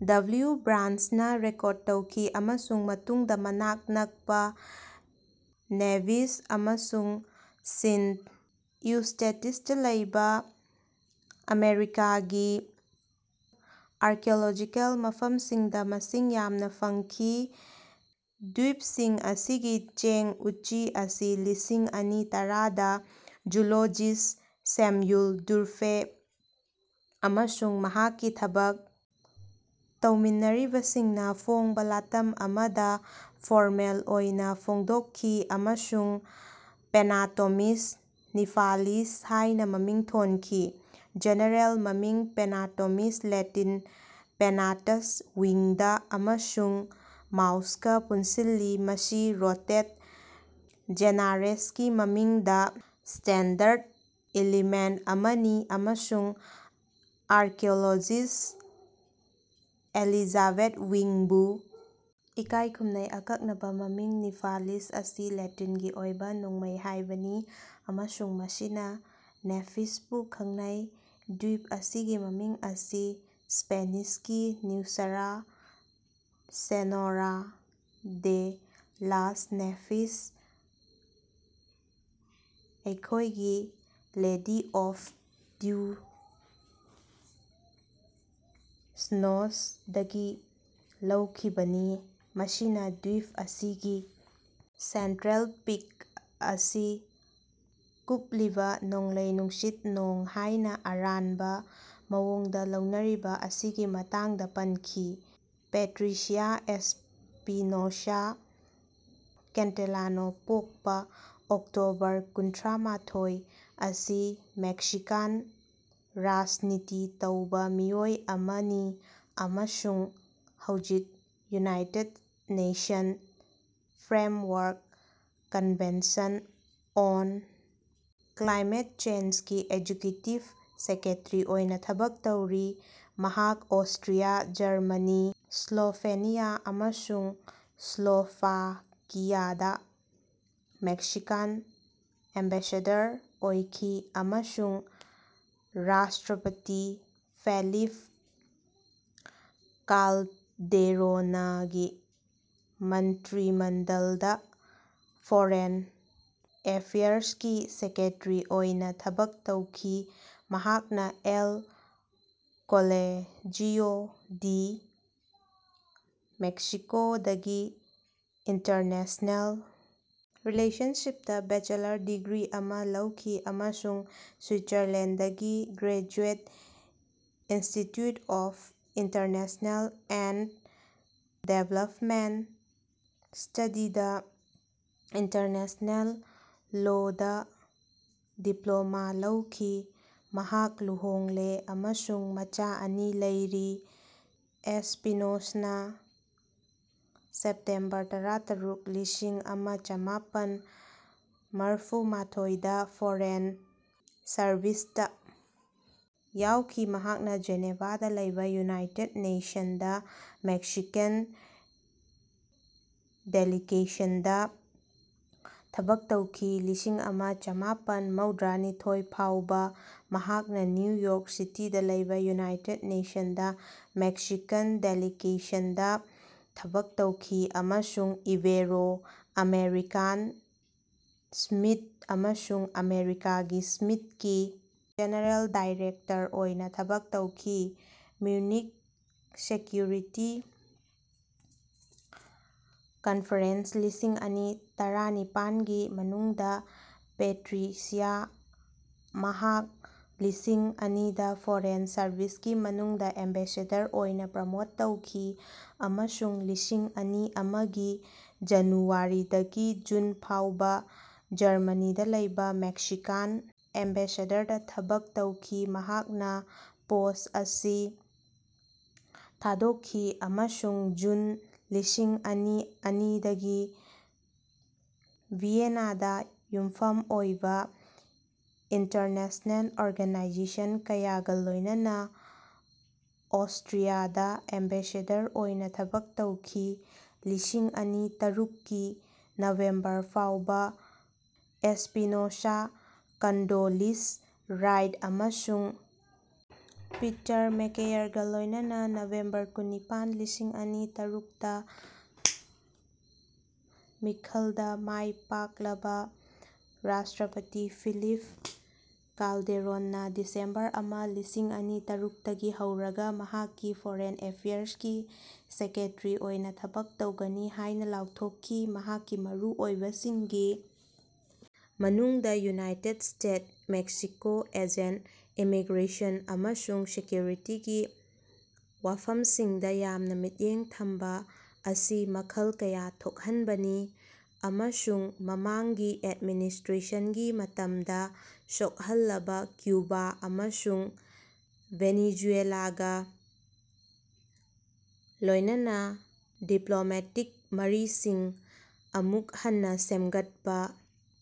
W ꯕ꯭ꯔꯥꯟꯆꯅ record ꯇꯧꯈꯤ ꯑꯃꯁꯨꯡ ꯃꯇꯨꯡꯗ ꯃꯅꯥꯛ ꯅꯛꯄ ꯅꯦꯚꯤꯁ ꯑꯃꯁꯨꯡ ꯁꯤꯟꯠ ꯏꯎꯁ꯭ꯇꯦꯇꯤꯌꯁꯇ ꯂꯩꯕ ꯑꯃꯦꯔꯤꯀꯥꯒꯤ ꯑꯥꯔꯀꯤꯑꯣꯂꯣꯖꯤꯀꯦꯜ ꯃꯐꯝꯁꯤꯡꯗ ꯃꯁꯤꯡ ꯌꯥꯝꯅꯥ ꯐꯪꯈꯤ꯫ ꯗ꯭ꯕꯤꯞꯁꯤꯡ ꯑꯁꯤꯒꯤ ꯆꯦꯡ ꯎꯆꯤ ꯑꯁꯤ ꯂꯤꯁꯤꯡ ꯑꯅꯤ ꯇꯔꯥꯗ ꯖꯨꯂꯣꯖꯤꯁ ꯁꯦꯝꯌꯨꯜ ꯇꯨꯔꯚꯦ ꯑꯃꯁꯨꯡ ꯃꯍꯥꯛꯀꯤ ꯊꯕꯛ ꯇꯧꯃꯤꯟꯅꯔꯤꯕꯁꯤꯡꯅ ꯐꯣꯡꯕ ꯂꯥꯇꯝ ꯑꯃꯗ ꯐꯣꯔꯃꯦꯜ ꯑꯣꯏꯅ ꯐꯣꯡꯗꯣꯛꯈꯤ ꯑꯃꯁꯨꯡ ꯄꯦꯅꯥꯇꯣꯃꯤꯁ ꯅꯤꯚꯥꯂꯤꯁ ꯍꯥꯏꯅ ꯃꯃꯤꯡ ꯊꯣꯟꯈꯤ꯫ ꯖꯦꯅꯦꯔꯦꯜ ꯃꯃꯤꯡ ꯄꯦꯅꯥꯇꯣꯃꯤꯁ ꯂꯦꯇꯤꯟ ꯄꯦꯅꯥꯇꯁ ꯋꯤꯡꯗ ꯑꯃꯁꯨꯡ ꯃꯥꯎꯁꯒꯥ ꯄꯨꯟꯁꯤꯜꯂꯤ ꯃꯁꯤ ꯔꯣꯗꯦꯟꯠ ꯖꯦꯅꯥꯔꯦꯁꯀꯤ ꯃꯃꯤꯡꯗ ꯁ꯭ꯇꯦꯟꯗꯔꯗ ꯏꯂꯤꯃꯦꯟꯠ ꯑꯃꯅꯤ ꯑꯃꯁꯨꯡ ꯑꯥꯔꯀꯤꯑꯣꯂꯣꯖꯤꯁ ꯑꯦꯂꯤꯖꯥꯕꯦꯊ ꯋꯤꯡꯕꯨ ꯏꯀꯥꯏꯈꯨꯝꯅꯩ꯫ ꯑꯀꯛꯅꯕ ꯃꯃꯤꯡ ꯅꯤꯚꯥꯂꯤꯁ ꯑꯁꯤ ꯂꯦꯇꯤꯟꯒꯤ ꯑꯣꯏꯕ ꯅꯣꯡꯃꯩ ꯍꯥꯏꯕꯅꯤ ꯑꯃꯁꯨꯡ ꯃꯁꯤꯅ ꯅꯦꯚꯤꯁꯄꯨ ꯈꯪꯅꯩ꯫ ꯗ꯭ꯕꯤꯞ ꯑꯁꯤꯒꯤ ꯃꯃꯤꯡ ꯑꯁꯤ ꯁ꯭ꯄꯦꯅꯤꯁꯀꯤ ꯅ꯭ꯌꯨꯁ꯭ꯠꯔꯥ ꯁꯦꯅꯣꯔꯥ ꯗꯦ ꯂꯥꯁ ꯅꯦꯐꯤꯁ ꯑꯩꯈꯣꯏꯒꯤ ꯂꯦꯗꯤ ꯑꯣꯐ ꯗ꯭ꯌ ꯁ꯭ꯅꯣꯁ ꯗꯒꯤ ꯂꯧꯈꯤꯕꯅꯤ ꯃꯁꯤꯅꯥ ꯗ꯭ꯕꯤꯞ ꯑꯁꯤꯒꯤ ꯁꯦꯟꯇ꯭ꯔꯦꯜ ꯄꯤꯛ ꯑꯁꯤ ꯀꯨꯞꯂꯤꯕꯥ ꯅꯣꯡꯂꯩ ꯅꯨꯡꯁꯤꯠ ꯅꯣꯡ ꯍꯥꯏꯅ ꯑꯔꯥꯟꯕ ꯃꯑꯣꯡꯗ ꯂꯧꯅꯔꯤꯕ ꯑꯁꯤꯒꯤ ꯃꯇꯥꯡꯗꯥ ꯄꯟꯈꯤ꯫ ꯄꯦꯇ꯭ꯔꯤꯁꯤꯌꯥ ꯑꯦꯁ꯭ꯄꯤꯅꯣꯁꯥ ꯀꯦꯟꯇꯦꯂꯥꯅꯣ ꯄꯣꯛꯄꯥ ꯑꯣꯛꯇꯣꯕꯔ ꯀꯨꯟꯃꯥꯊꯣꯏ ꯑꯁꯤ ꯃꯦꯛꯁꯤꯀꯥꯟ ꯔꯥꯖꯅꯤꯇꯤ ꯇꯧꯕꯥ ꯃꯤꯑꯣꯏ ꯑꯃꯅꯤ ꯑꯃꯁꯨꯡ ꯍꯧꯖꯤꯛ United Nations Framework Convention on Climate ꯆꯦꯟꯖꯒꯤ ꯑꯦꯛꯖꯤꯀ꯭ꯌꯨꯇꯤꯕ ꯁꯦꯀ꯭ꯔꯦꯇꯔꯤ ꯑꯣꯏꯅꯥ ꯊꯕꯛ ꯇꯧꯔꯤ꯫ ꯃꯍꯥꯛ ꯑꯣꯁꯇ꯭ꯔꯤꯌꯥ ꯖꯔꯃꯅꯤ ꯁ꯭ꯂꯣꯐꯦꯅꯤꯌꯥ ꯑꯃꯁꯨꯡ ꯁ꯭ꯂꯣꯐꯥꯀꯤꯌꯥꯗꯥ ꯃꯦꯛꯁꯤꯀꯥꯟ ꯑꯦꯝꯕꯦꯁꯦꯗꯔ ꯑꯣꯏꯈꯤ ꯑꯃꯁꯨꯡ ꯔꯥꯁꯇ꯭ꯔꯄꯇꯤ ꯐꯦꯂꯤꯞ ꯀꯥꯜꯗꯦꯔꯣꯅꯒꯤ ꯃꯟꯇ꯭ꯔꯤꯃꯟꯗꯜꯗꯥ ꯐꯣꯔꯦꯟ ꯑꯦꯐꯤꯌꯔꯁꯀꯤ ꯁꯦꯀ꯭ꯔꯦꯇꯔꯤ ꯑꯣꯏꯅꯥ ꯊꯕꯛ ꯇꯧꯈꯤ꯫ ꯃꯍꯥꯛꯅꯥ ꯑꯦꯜ ꯀꯣꯂꯦꯖꯤꯑꯣ ꯗꯦ ꯃꯦꯛꯁꯤꯀꯣꯗꯒꯤ ꯏꯟꯇꯔꯅꯦꯁꯅꯦꯜ ꯔꯤꯂꯦꯁꯟꯁꯤꯞꯇꯥ ꯕꯦꯆꯦꯂꯔ ꯗꯤꯒ꯭ꯔꯤ ꯑꯃꯥ ꯂꯧꯈꯤ ꯑꯃꯁꯨꯡ ꯁ꯭ꯋꯤꯠꯖꯔꯂꯦꯟꯗꯒꯤ graduate institute of international and development ꯁ꯭ꯇꯗꯤꯖꯗꯥ ꯏꯟꯇꯔꯅꯦꯁꯅꯦꯜ ꯂꯣꯗꯥ ꯗꯤꯄ꯭ꯂꯣꯃꯥ ꯂꯧꯈꯤ꯫ ꯃꯍꯥꯛ ꯂꯨꯍꯣꯡꯂꯦ ꯑꯃꯁꯨꯡ ꯃꯆꯥ ꯑꯅꯤ ꯂꯩꯔꯤ꯫ ꯑꯦꯁ꯭ꯄꯤꯅꯣꯁꯥꯅꯥ ꯁꯦꯞꯇꯦꯝꯕꯔ ꯇꯔꯥꯇꯔꯨꯛ ꯂꯤꯁꯤꯡ ꯑꯃ ꯆꯃꯥꯄꯟ ꯃꯔꯐꯨꯃꯥꯊꯣꯏꯗ ꯐꯣꯔꯦꯟ ꯁꯔꯕꯤꯁꯇꯥ ꯌꯥꯎꯈꯤ ꯃꯍꯥꯛꯅꯥ ꯖꯦꯅꯦꯚꯥꯗꯥ ꯂꯩꯕꯥ ꯌꯨꯅꯥꯏꯇꯦꯗ ꯅꯦꯁꯟꯁꯇꯥ ꯃꯦꯛꯁꯤꯀꯥꯟ ꯗꯦꯂꯤꯒꯦꯁꯟꯗꯥ ꯊꯕꯛ ꯇꯧꯈꯤ꯫ ꯂꯤꯁꯤꯡ ꯑꯃ ꯆꯃꯥꯄꯟ ꯃꯧꯗ꯭ꯔꯥꯅꯤꯊꯣꯏ ꯐꯥꯎꯕꯥ ꯃꯍꯥꯛꯅꯥ ꯅ꯭ꯌꯨ ꯌꯣꯔꯛ ꯁꯤꯇꯤꯗꯥ ꯂꯩꯕꯥ ꯌꯨꯅꯥꯏꯇꯦꯗ ꯅꯦꯁꯟꯁꯇꯥ ꯃꯦꯛꯁꯤꯀꯥꯟ ꯗꯦꯂꯤꯒꯦꯁꯟꯗꯥ ꯊꯕꯛ ꯇꯧꯈꯤ ꯑꯃꯁꯨꯡ ꯏꯕꯦꯔꯣ ꯑꯃꯦꯔꯤꯀꯥꯟ ꯁ꯭ꯃꯤꯠ ꯑꯃꯁꯨꯡ ꯑꯃꯦꯔꯤꯀꯥꯒꯤ ꯁ꯭ꯃꯤꯠꯀꯤ ꯖꯦꯅꯔꯦꯜ ꯗꯥꯏꯔꯦꯛꯇꯔ ꯑꯣꯏꯅꯥ ꯊꯕꯛ ꯇꯧꯈꯤ꯫ ꯃ꯭ꯌꯨꯅꯤꯈ ꯁꯦꯀ꯭ꯌꯨꯔꯤꯇꯤ ꯀꯟꯐꯔꯦꯟꯁ ꯂꯤꯁꯤꯡ ꯑꯅꯤ ꯇꯔꯥꯅꯤꯄꯥꯟꯒꯤ ꯃꯅꯨꯡꯗ ꯄꯦꯇ꯭ꯔꯤꯁꯤꯌꯥ ꯃꯍꯥꯛ ꯂꯤꯁꯤꯡ ꯑꯅꯤꯗꯥ ꯐꯣꯔꯦꯟ ꯁꯔꯕꯤꯁꯀꯤ ꯃꯅꯨꯡꯗꯥ ꯑꯦꯝꯕꯦꯁꯦꯗꯔ ꯑꯣꯏꯅꯥ ꯄ꯭ꯔꯣꯃꯣꯠ ꯇꯧꯈꯤ ꯑꯃꯁꯨꯡ ꯂꯤꯁꯤꯡ ꯑꯅꯤ ꯑꯃꯒꯤ ꯖꯅꯨꯋꯥꯔꯤꯗꯒꯤ ꯖꯨꯟ ꯐꯥꯎꯕꯥ ꯖꯔꯃꯅꯤꯗꯥ ꯂꯩꯕꯥ ꯃꯦꯛꯁꯤꯀꯥꯟ ꯑꯦꯝꯕꯦꯁꯦꯗꯔꯗꯥ ꯊꯕꯛ ꯇꯧꯈꯤ ꯃꯍꯥꯛꯅꯥ ꯄꯣꯁ꯭ꯠ ꯑꯁꯤ ꯊꯥꯗꯣꯛꯈꯤ ꯑꯃꯁꯨꯡ ꯖꯨꯟ ꯂꯤꯁꯤꯡ ꯑꯅꯤ ꯑꯅꯤꯗꯒꯤ ꯚꯤꯌꯦꯅꯥꯗꯥ ꯌꯨꯝꯐꯝ ꯑꯣꯏꯕꯥ ꯏꯟꯇꯔꯅꯦꯁꯅꯦꯜ ꯑꯣꯔꯒꯅꯥꯏꯖꯦꯁꯟ ꯀꯌꯥꯒꯥ ꯂꯣꯏꯅꯅꯥ ꯑꯣꯁꯇ꯭ꯔꯤꯌꯥꯗꯥ ꯑꯦꯝꯕꯦꯁꯦꯗꯔ ꯑꯣꯏꯅꯥ ꯊꯕꯛ ꯇꯧꯈꯤ꯫ ꯂꯤꯁꯤꯡ ꯑꯅꯤ ꯇꯔꯨꯛꯀꯤ ꯅꯕꯦꯝꯕꯔ ꯐꯥꯎꯕ ꯑꯦꯁ꯭ꯄꯤꯅꯣꯁꯥ ꯀꯟꯗꯣꯂꯤꯖ ꯔꯥꯏꯁ ꯑꯃꯁꯨꯡ ꯄꯤꯇꯔ ꯃꯦꯀꯀꯦꯌꯔꯒꯥ ꯂꯣꯏꯅꯅꯥ꯫ ꯅꯕꯦꯝꯕꯔ ꯀꯨꯟ ꯅꯤꯄꯥꯟ ꯂꯤꯁꯤꯡ ꯑꯅꯤ ꯇꯔꯨꯛꯇ ꯃꯤꯈꯜꯗꯥ ꯃꯥꯏ ꯄꯥꯛꯂꯕꯥ ꯔꯥꯁꯇ꯭ꯔꯄꯇꯤ ꯐꯦꯂꯤꯞ ꯀꯥꯜꯗꯦꯔꯣꯟꯅꯥ ꯗꯤꯁꯦꯝꯕꯔ ꯑꯃ ꯂꯤꯁꯤꯡ ꯑꯅꯤ ꯇꯔꯨꯛꯇꯒꯤ ꯍꯧꯔꯒꯥ ꯃꯍꯥꯛꯀꯤ ꯐꯣꯔꯦꯟ ꯑꯦꯐꯤꯌꯔꯁꯀꯤ ꯁꯦꯀ꯭ꯔꯦꯇꯔꯤ ꯑꯣꯏꯅꯥ ꯊꯕꯛ ꯇꯧꯒꯅꯤ ꯍꯥꯏꯅꯥ ꯂꯥꯎꯊꯣꯛꯈꯤ ꯃꯍꯥꯛꯀꯤ ꯃꯔꯨ ꯑꯣꯏꯕꯁꯤꯡꯒꯤ ꯃꯅꯨꯡꯗꯥ United States Mexico agenda immigration ꯑꯃꯁꯨꯡ ꯁꯦꯀ꯭ꯌꯨꯔꯤꯇꯤꯒꯤ ꯋꯥꯐꯝꯁꯤꯡꯗꯥ ꯌꯥꯝꯅꯥ ꯃꯤꯠꯌꯦꯡ ꯊꯝꯕꯥ ꯑꯁꯤ ꯃꯈꯜ ꯀꯌꯥ ꯊꯣꯛꯍꯟꯕꯅꯤ꯫ ꯑꯃꯁꯨꯡ ꯃꯃꯥꯡꯒꯤ ꯑꯦꯗꯃꯤꯅꯤꯁꯇ꯭ꯔꯦꯁꯟꯒꯤ ꯃꯇꯝꯗꯥ ꯁꯣꯛꯍꯜꯂꯕꯥ ꯀ꯭ꯌꯨꯕꯥ ꯑꯃꯁꯨꯡ ꯚꯦꯅꯤꯖꯨꯌꯦꯂꯥꯒꯥ ꯂꯣꯏꯅꯅꯥ ꯗꯤꯄ꯭ꯂꯣꯃꯦꯇꯤꯛ ꯃꯔꯤꯁꯤꯡ ꯑꯃꯨꯛ ꯍꯟꯅꯥ ꯁꯦꯝꯒꯠꯄꯥ꯫